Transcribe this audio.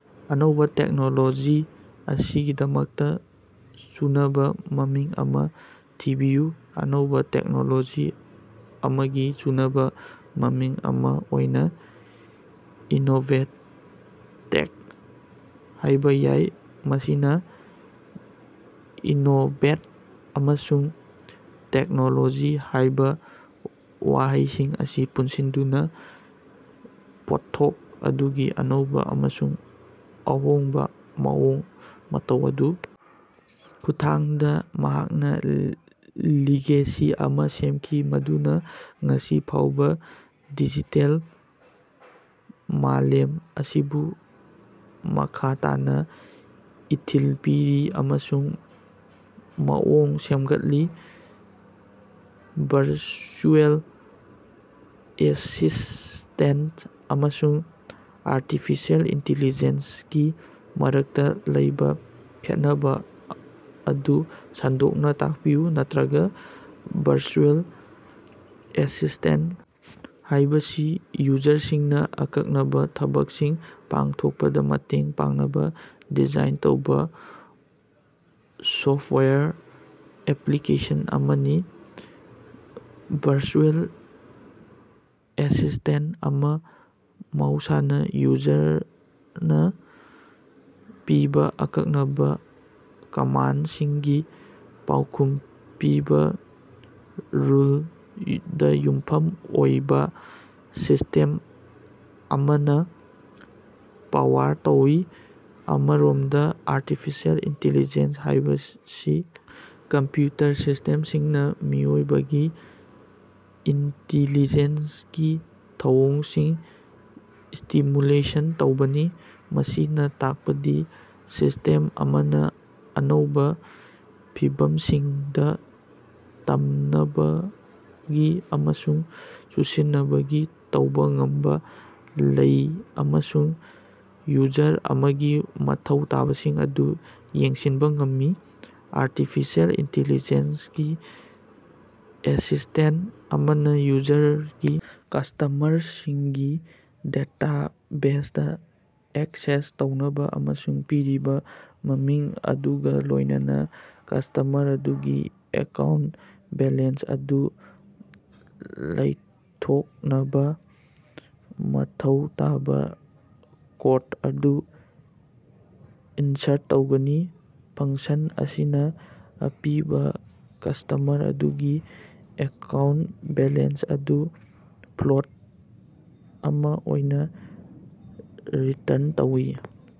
ꯑꯅꯧꯕ ꯇꯦꯛꯅꯣꯂꯣꯖꯤ ꯑꯁꯤꯒꯤꯗꯃꯛꯇ ꯆꯨꯅꯕ ꯃꯃꯤꯡ ꯑꯃ ꯊꯤꯕꯤꯌꯨ꯫ ꯑꯅꯧꯕ ꯇꯦꯛꯅꯣꯂꯣꯖꯤ ꯑꯃꯒꯤ ꯆꯨꯅꯕ ꯃꯃꯤꯡ ꯑꯃ ꯑꯣꯏꯅ "ꯏꯅꯣꯚꯦꯇꯦꯛ" ꯍꯥꯏꯕ ꯌꯥꯏ ꯃꯁꯤꯅ "ꯏꯅꯣꯚꯦꯠ" ꯑꯃꯁꯨꯡ "ꯇꯦꯛꯅꯣꯂꯣꯖꯤ" ꯍꯥꯏꯕ ꯋꯥꯍꯩꯁꯤꯡ ꯑꯁꯤ ꯄꯨꯟꯁꯤꯟꯗꯨꯅ ꯄꯣꯠꯊꯣꯛ ꯑꯗꯨꯒꯤ ꯑꯅꯧꯕ ꯑꯃꯁꯨꯡ ꯑꯍꯣꯡꯕ ꯃꯑꯣꯡ ꯃꯇꯧ ꯑꯗꯨ ꯈꯨꯠꯊꯥꯡꯗ ꯃꯍꯥꯛꯅ ꯂꯤꯒꯦꯁꯤ ꯑꯃ ꯁꯦꯝꯈꯤ ꯃꯗꯨꯅ ꯉꯁꯤ ꯐꯥꯎꯕ ꯗꯤꯖꯤꯇꯦꯜ ꯃꯥꯂꯦꯝ ꯑꯁꯤꯕꯨ ꯃꯈꯥ ꯇꯥꯅ ꯏꯊꯤꯜ ꯄꯤꯔꯤ ꯑꯃꯁꯨꯡ ꯃꯑꯣꯡ ꯁꯦꯝꯒꯠꯂꯤ꯫ ꯚꯔꯆꯨꯑꯦꯜ ꯑꯦꯁꯤꯁꯇꯦꯟꯇ ꯑꯃꯁꯨꯡ ꯑꯥꯔꯇꯤꯐꯤꯁꯤꯑꯦꯜ ꯏꯟꯇꯦꯂꯤꯖꯦꯟꯁ ꯒꯤ ꯃꯔꯛꯇ ꯂꯩꯕ ꯈꯦꯠꯅꯕ ꯑꯗꯨ ꯁꯟꯗꯣꯛꯅ ꯇꯥꯛꯄꯤꯌꯨ ꯅꯠꯇ꯭ꯔꯒ ꯚꯔꯆꯨꯑꯦꯜ ꯑꯦꯁꯤꯁꯇꯦꯟꯇ ꯍꯥꯏꯕꯁꯤ ꯌꯨꯖꯔꯁꯤꯡꯅ ꯑꯀꯛꯅꯕ ꯊꯕꯛꯁꯤꯡ ꯄꯥꯡꯊꯣꯛꯄꯗ ꯃꯇꯦꯡ ꯄꯥꯡꯅꯕ ꯗꯤꯖꯥꯏꯟ ꯇꯧꯕ ꯁꯣꯐꯇꯋꯥꯌꯔ ꯑꯦꯄ꯭ꯂꯤꯀꯦꯁꯟ ꯑꯃꯅꯤ꯫ ꯚꯔꯆꯨꯑꯦꯜ ꯑꯦꯁꯤꯁꯇꯦꯟꯇ ꯑꯃ ꯃꯍꯧꯁꯥꯅ ꯌꯨꯖꯔꯅ ꯄꯤꯕ ꯑꯀꯛꯅꯕ ꯀꯃꯥꯟꯗꯁꯤꯡꯒꯤ ꯄꯥꯎꯈꯨꯝ ꯄꯤꯕ ꯔꯨꯜꯗ ꯌꯨꯝꯐꯝ ꯑꯣꯏꯕ ꯁꯤꯁꯇꯦꯝ ꯑꯃꯅ ꯄꯥꯋꯔ ꯇꯧꯏ꯫ ꯑꯃꯔꯣꯝꯗ ꯑꯥꯔꯇꯤꯐꯤꯁꯤꯑꯦꯜ ꯏꯟꯇꯤꯂꯤꯖꯦꯟꯁ ꯍꯥꯏꯕꯁꯤ ꯀꯝꯄ꯭ꯌꯨꯇꯔ ꯁꯤꯁꯇꯦꯝꯁꯤꯡꯅ ꯃꯤꯑꯣꯏꯕꯒꯤ ꯏꯟꯇꯦꯂꯤꯖꯦꯟꯁꯀꯤ ꯊꯧꯑꯣꯡꯁꯤꯡ ꯁ꯭ꯇꯤꯃꯨꯂꯦꯁꯟ ꯇꯧꯕꯅꯤ꯫ ꯃꯁꯤꯅ ꯇꯥꯛꯄꯗꯤ ꯁꯤꯁꯇꯦꯝ ꯑꯃꯅ ꯑꯅꯧꯕ ꯐꯤꯚꯝꯁꯤꯡꯗ ꯇꯝꯅꯕꯒꯤ ꯑꯃꯁꯨꯡ ꯆꯨꯁꯤꯟꯅꯕꯒꯤ ꯇꯧꯕ ꯉꯝꯕ ꯂꯩ ꯑꯃꯁꯨꯡ ꯌꯨꯖꯔ ꯑꯃꯒꯤ ꯃꯊꯧ ꯇꯥꯕꯁꯤꯡ ꯑꯗꯨ ꯌꯦꯡꯁꯤꯟꯕ ꯉꯝꯃꯤ꯫ ꯑꯥꯔꯇꯤꯐꯤꯁꯤꯑꯦꯜ ꯏꯟꯇꯦꯂꯤꯖꯦꯟꯁ ꯒꯤ ꯑꯦꯁꯤꯁꯇꯦꯟꯇ ꯑꯃꯅ ꯌꯨꯖꯔꯗꯒꯤ ꯀꯁꯇꯃꯔꯁꯤꯡꯒꯤ ꯗꯦꯇꯥꯕꯦꯖꯗ ꯑꯦꯛꯁꯦꯁ ꯇꯧꯅꯕ ꯑꯃꯁꯨꯡ ꯄꯤꯔꯤꯕ ꯃꯃꯤꯡ ꯑꯗꯨꯒ ꯂꯣꯏꯅꯅ ꯀꯁꯇꯃꯔ ꯑꯗꯨꯒꯤ ꯑꯦꯀꯥꯎꯟꯇ ꯕꯦꯂꯦꯟꯁ ꯑꯗꯨ ꯂꯧꯊꯣꯛꯅꯕ ꯃꯊꯧ ꯇꯥꯕ ꯀꯣꯗ ꯑꯗꯨ ꯏꯟꯁꯔꯠ ꯇꯧꯒꯅꯤ꯫ ꯐꯪꯁꯟ ꯑꯁꯤꯅ ꯑꯄꯤꯕ ꯀꯁꯇꯃꯔ ꯑꯗꯨꯒꯤ ꯑꯦꯀꯥꯎꯟꯇ ꯕꯦꯂꯦꯟꯁ ꯑꯗꯨ ꯐ꯭ꯂꯣꯠ ꯑꯃ ꯑꯣꯏꯅ ꯔꯤꯇꯔꯟ ꯇꯧꯏ꯫